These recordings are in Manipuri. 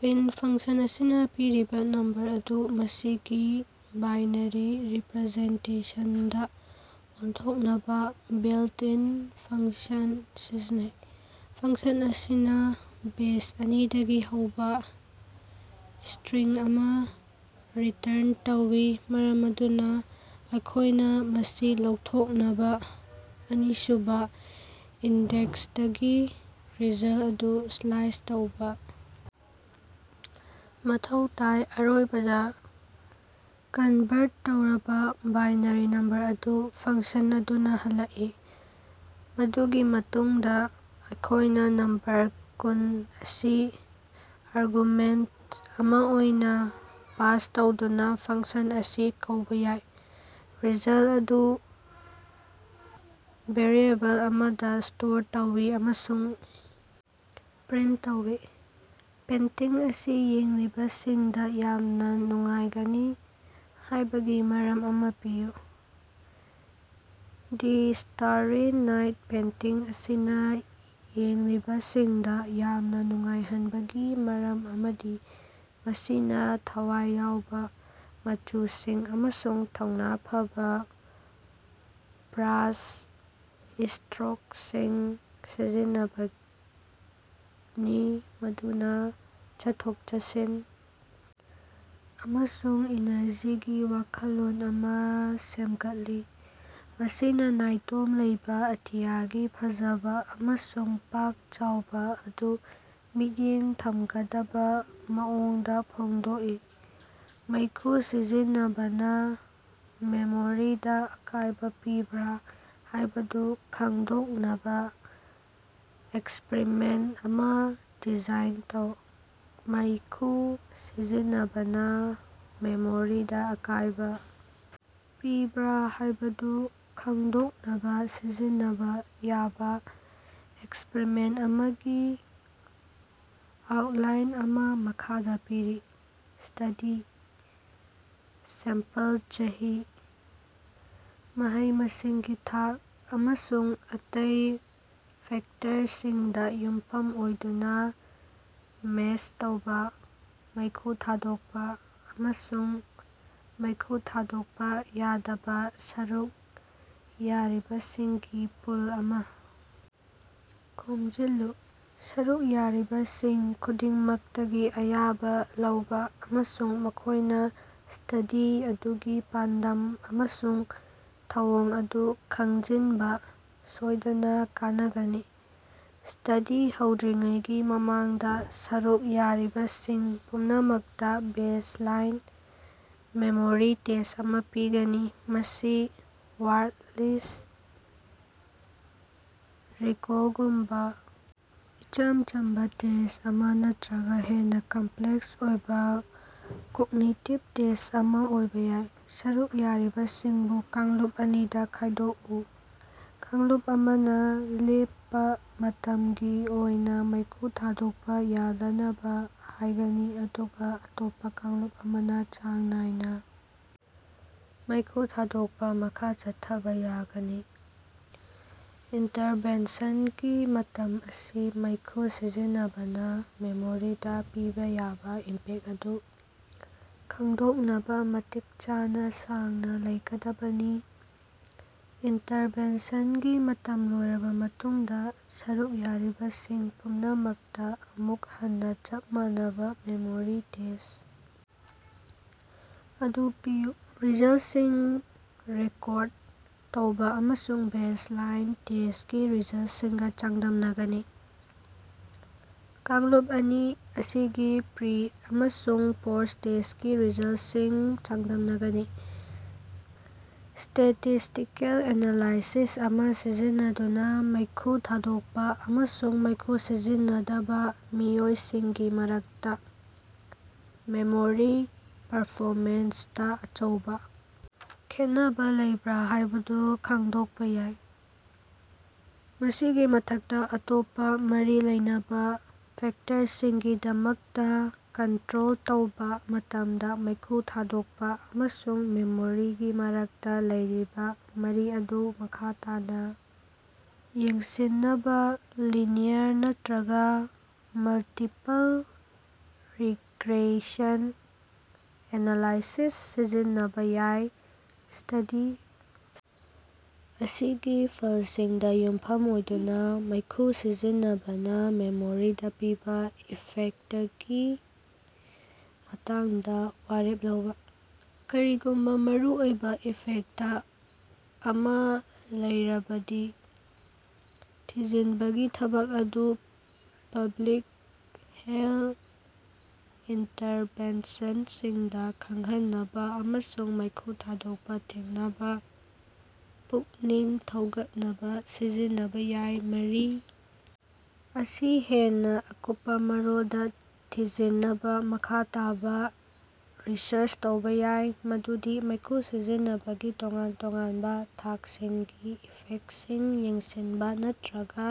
ꯕꯤꯟ ꯐꯪꯁꯟ ꯑꯁꯤꯅꯥ ꯄꯤꯔꯤꯕꯥ ꯅꯝꯕꯔ ꯑꯗꯨ ꯃꯁꯤꯒꯤ ꯕꯥꯏꯅꯥꯔꯤ ꯔꯤꯄ꯭ꯔꯖꯦꯟꯇꯦꯁꯟꯗꯥ ꯑꯣꯟꯊꯣꯛꯅꯕꯥ ꯕꯤꯜꯇ-ꯏꯟ ꯐꯪꯁꯟ ꯁꯤꯖꯤꯟꯅꯩ꯫ ꯐꯪꯁꯟ ꯑꯁꯤꯅꯥ ꯕꯦꯁ ꯑꯅꯤꯗꯒꯤ ꯍꯧꯕꯥ ꯏꯁꯇ꯭ꯔꯤꯡ ꯑꯃꯥ ꯔꯤꯇ꯭ꯔꯟ ꯇꯧꯏ ꯃꯔꯝ ꯑꯗꯨꯅꯥ ꯑꯩꯈꯣꯏꯅꯥ ꯃꯁꯤ ꯂꯧꯊꯣꯛꯅꯕꯥ ꯑꯅꯤꯁꯨꯕꯥ ꯏꯟꯗꯦꯛꯁꯇꯒꯤ ꯔꯤꯖꯜ ꯑꯗꯨ ꯁ꯭ꯂꯥꯏꯁ ꯇꯧꯕꯥ ꯃꯊꯧ ꯇꯥꯏ꯫ ꯑꯔꯣꯏꯕꯗꯥ, ꯀꯟꯚꯥꯔꯠ ꯇꯧꯔꯕꯥ ꯕꯥꯏꯅꯥꯔꯤ ꯅꯝꯕꯔ ꯑꯗꯨ ꯐꯪꯁꯟ ꯑꯗꯨꯅꯥ ꯍꯜꯂꯛꯏ꯫ ꯃꯗꯨꯒꯤ ꯃꯇꯨꯡꯗꯥ ꯑꯩꯈꯣꯏꯅꯥ ꯅꯝꯕꯔ ꯀꯨꯟ ꯑꯁꯤ ꯑꯥꯔꯒꯨꯃꯦꯟꯇ ꯑꯃꯥ ꯑꯣꯏꯅꯥ ꯄꯥꯁ ꯇꯧꯗꯨꯅꯥ ꯐꯪꯁꯟ ꯑꯁꯤ ꯀꯧꯕꯥ ꯌꯥꯏ꯫ ꯔꯤꯖꯜ ꯑꯗꯨ ꯚꯦꯔꯤꯑꯦꯕꯜ ꯑꯃꯗꯥ ꯁ꯭ꯇꯣꯔ ꯇꯧꯏ ꯑꯃꯁꯨꯡ ꯄ꯭ꯔꯤꯟꯇ ꯇꯧꯏ꯫ ꯄꯦꯟꯇꯤꯡ ꯑꯁꯤ ꯌꯦꯡꯂꯤꯕꯁꯤꯡꯗꯥ ꯌꯥꯝꯅꯥ ꯅꯨꯡꯉꯥꯏꯒꯅꯤ ꯍꯥꯏꯕꯒꯤ ꯃꯔꯝ ꯑꯃꯥ ꯄꯤꯌꯨ꯫ ꯗꯤ ꯁ꯭ꯇꯥꯔꯔꯤ ꯅꯥꯏꯠ ꯄꯦꯟꯇꯤꯡ ꯑꯁꯤꯅꯥ ꯌꯦꯡꯂꯤꯕꯁꯤꯡꯗꯥ ꯌꯥꯝꯅꯥ ꯅꯨꯡꯉꯥꯏꯍꯟꯕꯒꯤ ꯃꯔꯝ ꯑꯃꯗꯤ ꯃꯁꯤꯅꯥ ꯊꯋꯥꯏ ꯌꯥꯎꯕꯥ ꯃꯆꯨꯁꯤꯡ ꯑꯃꯁꯨꯡ ꯊꯧꯅꯥ ꯐꯕꯥ ꯕ꯭ꯔꯥꯁ ꯢꯁꯇ꯭ꯔꯣꯛꯁꯤꯡ ꯁꯤꯖꯤꯟꯅꯕꯅꯤ ꯃꯗꯨꯅꯥ ꯆꯠꯊꯣꯛ-ꯆꯠꯁꯤꯟ ꯑꯃꯁꯨꯡ ꯏꯅꯔꯖꯤꯒꯤ ꯋꯥꯈꯜꯂꯣꯟ ꯑꯃꯥ ꯁꯦꯝꯒꯠꯂꯤ, ꯃꯁꯤꯅꯥ ꯅꯥꯏꯇꯣꯝ ꯂꯩꯕꯥ ꯑꯇꯤꯌꯥꯒꯤ ꯐꯖꯕꯥ ꯑꯃꯁꯨꯡ ꯄꯥꯛ ꯆꯥꯎꯕꯥ ꯑꯗꯨ ꯃꯤꯠꯌꯦꯡ ꯊꯝꯒꯗꯕꯥ ꯃꯑꯣꯡꯗꯥ ꯐꯣꯡꯗꯣꯛꯏ꯫ ꯃꯩꯈꯨ ꯁꯤꯖꯤꯟꯅꯕꯅꯥ ꯃꯦꯃꯣꯔꯤꯗꯥ ꯑꯀꯥꯏꯕꯥ ꯄꯤꯕ꯭ꯔꯥ ꯍꯥꯏꯕꯗꯨ ꯈꯪꯗꯣꯛꯅꯕꯥ ꯑꯦꯛꯁꯄ꯭ꯔꯤꯃꯦꯟꯇ ꯑꯃꯥ ꯗꯤꯖꯥꯏꯟ ꯇꯧ꯫ ꯃꯩꯈꯨ ꯁꯤꯖꯤꯟꯅꯕꯅꯥ ꯃꯦꯃꯣꯔꯤꯗꯥ ꯑꯀꯥꯏꯕꯥ ꯄꯤꯕ꯭ꯔꯥ ꯍꯥꯏꯕꯗꯨ ꯈꯪꯗꯣꯛꯅꯕꯥ ꯁꯤꯖꯤꯟꯅꯕꯥ ꯌꯥꯕꯥ ꯑꯦꯛꯁꯄ꯭ꯔꯤꯃꯦꯟꯇ ꯑꯃꯒꯤ ꯑꯥꯎꯠꯂꯥꯏꯟ ꯑꯃꯥ ꯃꯈꯥꯗꯥ ꯄꯤꯔꯤ꯫ ꯁ꯭ꯇꯗꯤ ꯁꯦꯝꯄꯜ ꯆꯍꯤ, ꯃꯍꯩ-ꯃꯁꯤꯡꯒꯤ ꯊꯥꯛ, ꯑꯃꯁꯨꯡ ꯑꯇꯩ ꯐꯦꯛꯇꯔꯁꯤꯡꯗꯥ ꯌꯨꯝꯐꯝ ꯑꯣꯏꯗꯨꯅꯥ ꯃꯦꯁ ꯇꯧꯕꯥ, ꯃꯩꯈꯨ ꯊꯥꯗꯣꯛꯄꯥ ꯑꯃꯁꯨꯡ ꯃꯩꯈꯨ ꯊꯥꯗꯣꯛꯄꯥ ꯌꯥꯗꯕꯥ ꯁꯔꯨꯛ ꯌꯥꯔꯤꯕꯁꯤꯡꯒꯤ ꯄꯨꯜ ꯑꯃꯥ ꯈꯣꯝꯖꯤꯜꯂꯨ꯫ ꯁꯔꯨꯛ ꯌꯥꯔꯤꯕꯁꯤꯡ ꯈꯨꯗꯤꯡꯃꯛꯇꯒꯤ ꯑꯌꯥꯕꯥ ꯂꯧꯕꯥ ꯑꯃꯁꯨꯡ ꯃꯈꯣꯏꯅꯥ ꯁ꯭ꯇꯗꯤ ꯑꯗꯨꯒꯤ ꯄꯥꯟꯗꯝ ꯑꯃꯁꯨꯡ ꯊꯧꯑꯣꯡ ꯑꯗꯨ ꯈꯪꯖꯤꯟꯕꯥ ꯁꯣꯏꯗꯅꯥ ꯀꯅꯥꯒꯅꯤ꯫ ꯁ꯭ꯇꯗꯤ ꯍꯧꯗ꯭ꯔꯤꯉꯩꯒꯤ ꯃꯃꯥꯡꯗꯥ ꯁꯔꯨꯛ ꯌꯥꯔꯤꯕꯁꯤꯡ ꯄꯨꯝꯅꯃꯛꯇꯥ ꯕꯦꯖ ꯂꯥꯏꯟ ꯃꯦꯃꯣꯔꯤ ꯇꯦꯁ ꯑꯃꯥ ꯄꯤꯒꯅꯤ꯫ ꯃꯁꯤ ꯋꯥꯔꯗ ꯂꯤꯁ ꯔꯤꯀꯣꯜꯒꯨꯝꯕꯥ ꯏꯆꯝ ꯆꯝꯕꯥ ꯇꯦꯁ ꯑꯃꯥ ꯅꯠꯇ꯭ꯔꯒꯥ ꯍꯦꯟꯅꯥ ꯀꯝꯄ꯭ꯂꯦꯛꯁ ꯑꯣꯏꯕꯥ ꯀꯣꯛꯅꯤꯇꯤꯚ ꯇꯦꯁ ꯑꯃꯥ ꯑꯣꯏꯕꯥ ꯌꯥꯏ꯫ ꯁꯔꯨꯛ ꯌꯥꯔꯤꯕꯁꯤꯡꯕꯨ ꯀꯥꯡꯂꯨꯞ ꯑꯅꯤꯗꯥ ꯈꯥꯏꯗꯣꯛꯎ꯫ ꯀꯥꯡꯂꯨꯞ ꯑꯃꯅꯥ ꯂꯦꯞꯄꯥ ꯃꯇꯝꯒꯤ ꯑꯣꯏꯅꯥ ꯃꯩꯈꯨ ꯊꯥꯗꯣꯛꯄꯥ ꯌꯥꯗꯅꯕꯥ ꯍꯥꯏꯒꯅꯤ, ꯑꯗꯨꯒꯥ ꯑꯇꯣꯞꯄꯥ ꯀꯥꯡꯂꯨꯞ ꯑꯃꯅꯥ ꯆꯥꯡ ꯅꯥꯏꯅꯥ ꯃꯩꯈꯨ ꯊꯥꯗꯣꯛꯄꯥ ꯃꯈꯥ ꯆꯠꯊꯕꯥ ꯌꯥꯒꯅꯤ꯫ ꯏꯟꯇꯔꯚꯦꯟꯁꯟꯒꯤ ꯃꯇꯝ ꯑꯁꯤ ꯃꯩꯈꯨ ꯁꯤꯖꯤꯟꯅꯕꯅꯥ ꯃꯦꯃꯣꯔꯤꯗꯥ ꯄꯤꯕꯥ ꯌꯥꯕꯥ ꯏꯝꯄꯦꯛ ꯑꯗꯨ ꯈꯪꯗꯣꯛꯅꯕꯥ ꯃꯇꯤꯛ ꯆꯥꯅꯥ ꯁꯥꯡꯅꯥ ꯂꯩꯒꯗꯕꯅꯤ꯫ ꯏꯟꯇꯔꯚꯦꯟꯁꯟꯒꯤ ꯃꯇꯝ ꯂꯣꯏꯔꯕꯥ ꯃꯇꯨꯡꯗꯥ, ꯁꯔꯨꯛ ꯌꯥꯔꯤꯕꯁꯤꯡ ꯄꯨꯝꯅꯃꯛꯇꯥ ꯑꯃꯨꯛ ꯍꯟꯅꯥ ꯆꯞ ꯃꯥꯟꯅꯕꯥ ꯃꯦꯃꯣꯔꯤ ꯇꯦꯁ ꯑꯗꯨ ꯄꯤꯌꯨ꯫ ꯔꯤꯖꯜꯁꯤꯡ ꯔꯦꯀꯣꯔꯗ ꯇꯧꯕꯥ ꯑꯃꯁꯨꯡ ꯕꯦꯖ ꯂꯥꯏꯟ ꯇꯦꯁꯀꯤ ꯔꯤꯖꯜꯁꯤꯡꯒꯥ ꯆꯥꯡꯗꯝꯅꯒꯅꯤ꯫ ꯀꯥꯡꯂꯨꯞ ꯑꯅꯤ ꯑꯁꯤꯒꯤ ꯄ꯭ꯔꯤ- ꯑꯃꯁꯨꯡ ꯄꯣꯁ꯭ꯠ-ꯇꯦꯁꯀꯤ ꯔꯤꯖꯜꯁꯤꯡ ꯆꯥꯡꯗꯝꯅꯒꯅꯤ꯫ ꯁ꯭ꯇꯦꯇꯤꯁ꯭ꯇꯤꯀꯦꯜ ꯑꯦꯅꯥꯂꯥꯏꯁꯤꯁ ꯑꯃꯥ ꯁꯤꯖꯤꯟꯅꯗꯨꯅꯥ ꯃꯩꯈꯨ ꯊꯥꯗꯣꯛꯄꯥ ꯑꯃꯁꯨꯡ ꯃꯩꯈꯨ ꯁꯤꯖꯤꯟꯅꯗꯕꯥ ꯃꯤꯑꯣꯏꯁꯤꯡꯒꯤ ꯃꯔꯛꯇꯥ ꯃꯦꯃꯣꯔꯤ ꯄꯔꯐꯣꯃꯦꯟꯁꯇꯥ ꯑꯆꯧꯕꯥ ꯈꯦꯠꯅꯕꯥ ꯂꯩꯕ꯭ꯔꯥ ꯍꯥꯏꯕꯗꯨ ꯈꯪꯗꯣꯛꯄꯥ ꯌꯥꯏ꯫ ꯃꯁꯤꯒꯤ ꯃꯊꯛꯇꯥ, ꯑꯇꯣꯞꯄꯥ ꯃꯔꯤ ꯂꯩꯅꯕꯥ ꯐꯦꯛꯇꯔꯁꯤꯡꯒꯤꯗꯃꯛꯇꯥ ꯀꯟꯇ꯭ꯔꯣꯜ ꯇꯧꯕꯥ ꯃꯇꯝꯗꯥ ꯃꯩꯈꯨ ꯊꯥꯗꯣꯛꯄꯥ ꯑꯃꯁꯨꯡ ꯃꯦꯃꯣꯔꯤꯒꯤ ꯃꯔꯛꯇꯥ ꯂꯩꯔꯤꯕꯥ ꯃꯔꯤ ꯑꯗꯨ ꯃꯈꯥ ꯇꯥꯅꯥ ꯌꯦꯡꯁꯤꯟꯅꯕꯥ ꯂꯤꯅꯤꯌꯔ ꯅꯠꯇ꯭ꯔꯒꯥ ꯃꯜꯇꯤꯄꯜ ꯔꯤꯒ꯭ꯔꯦꯁꯟ ꯑꯦꯅꯥꯂꯥꯏꯁꯤꯁ ꯁꯤꯖꯤꯟꯅꯕꯥ ꯌꯥꯏ꯫ ꯁ꯭ꯇꯗꯤ ꯑꯁꯤꯒꯤ ꯐꯜꯁꯤꯡꯗꯥ ꯌꯨꯝꯐꯝ ꯑꯣꯏꯗꯨꯅꯥ, ꯃꯩꯈꯨ ꯁꯤꯖꯤꯟꯅꯕꯅꯥ ꯃꯦꯃꯣꯔꯤꯗꯥ ꯄꯤꯕꯥ ꯏꯐꯦꯛꯇꯀꯤ ꯃꯇꯥꯡꯗꯥ ꯋꯥꯔꯦꯞ ꯂꯧꯕꯥ꯫ ꯀꯔꯤꯒꯨꯝꯕꯥ ꯃꯔꯨꯑꯣꯏꯕꯥ ꯏꯐꯦꯛꯇ ꯑꯃꯥ ꯂꯩꯔꯕꯗꯤ, ꯊꯤꯖꯤꯟꯕꯒꯤ ꯊꯕꯛ ꯑꯗꯨ ꯄꯕ꯭ꯂꯤꯛ ꯍꯦꯜ ꯏꯟꯇꯔꯚꯦꯟꯁꯟꯁꯤꯡꯗꯥ ꯈꯪꯍꯟꯅꯕꯥ ꯑꯃꯁꯨꯡ ꯃꯩꯈꯨ ꯊꯥꯗꯣꯛꯄꯥ ꯊꯤꯡꯅꯕꯥ ꯄꯨꯛꯅꯤꯡ ꯊꯧꯒꯠꯅꯕꯥ ꯁꯤꯖꯤꯟꯅꯕꯥ ꯌꯥꯏ꯫ ꯃꯔꯤ ꯑꯁꯤ ꯍꯦꯟꯅꯥ ꯑꯀꯨꯞꯄꯥ ꯃꯔꯣꯜꯗꯥ ꯊꯤꯖꯤꯟꯅꯕꯥ ꯃꯈꯥ ꯇꯥꯕꯥ ꯔꯤꯁꯔꯆ ꯇꯧꯕꯥ ꯌꯥꯏ, ꯃꯗꯨꯗꯤ ꯃꯩꯈꯨ ꯁꯤꯖꯤꯟꯅꯕꯒꯤ ꯇꯣꯉꯥꯟ ꯇꯣꯉꯥꯟꯕꯥ ꯊꯥꯛꯁꯤꯡꯒꯤ ꯏꯐꯦꯛꯁꯤꯡ ꯌꯦꯡꯁꯤꯟꯕꯥ ꯅꯠꯇ꯭ꯔꯒꯥ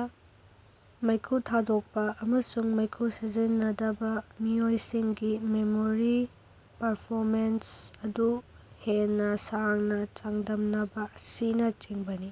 ꯃꯩꯈꯨ ꯊꯥꯗꯣꯛꯄꯥ ꯑꯃꯁꯨꯡ ꯃꯩꯈꯨ ꯁꯤꯖꯤꯟꯅꯗꯕꯥ ꯃꯤꯑꯣꯏꯁꯤꯡꯒꯤ ꯃꯦꯃꯣꯔꯤ ꯄꯔꯐꯣꯃꯦꯟꯁ ꯑꯗꯨ ꯍꯦꯟꯅꯥ ꯁꯥꯡꯅꯥ ꯆꯥꯡꯗꯝꯅꯕꯥ ꯑꯁꯤꯅꯆꯤꯡꯕꯅꯤ꯫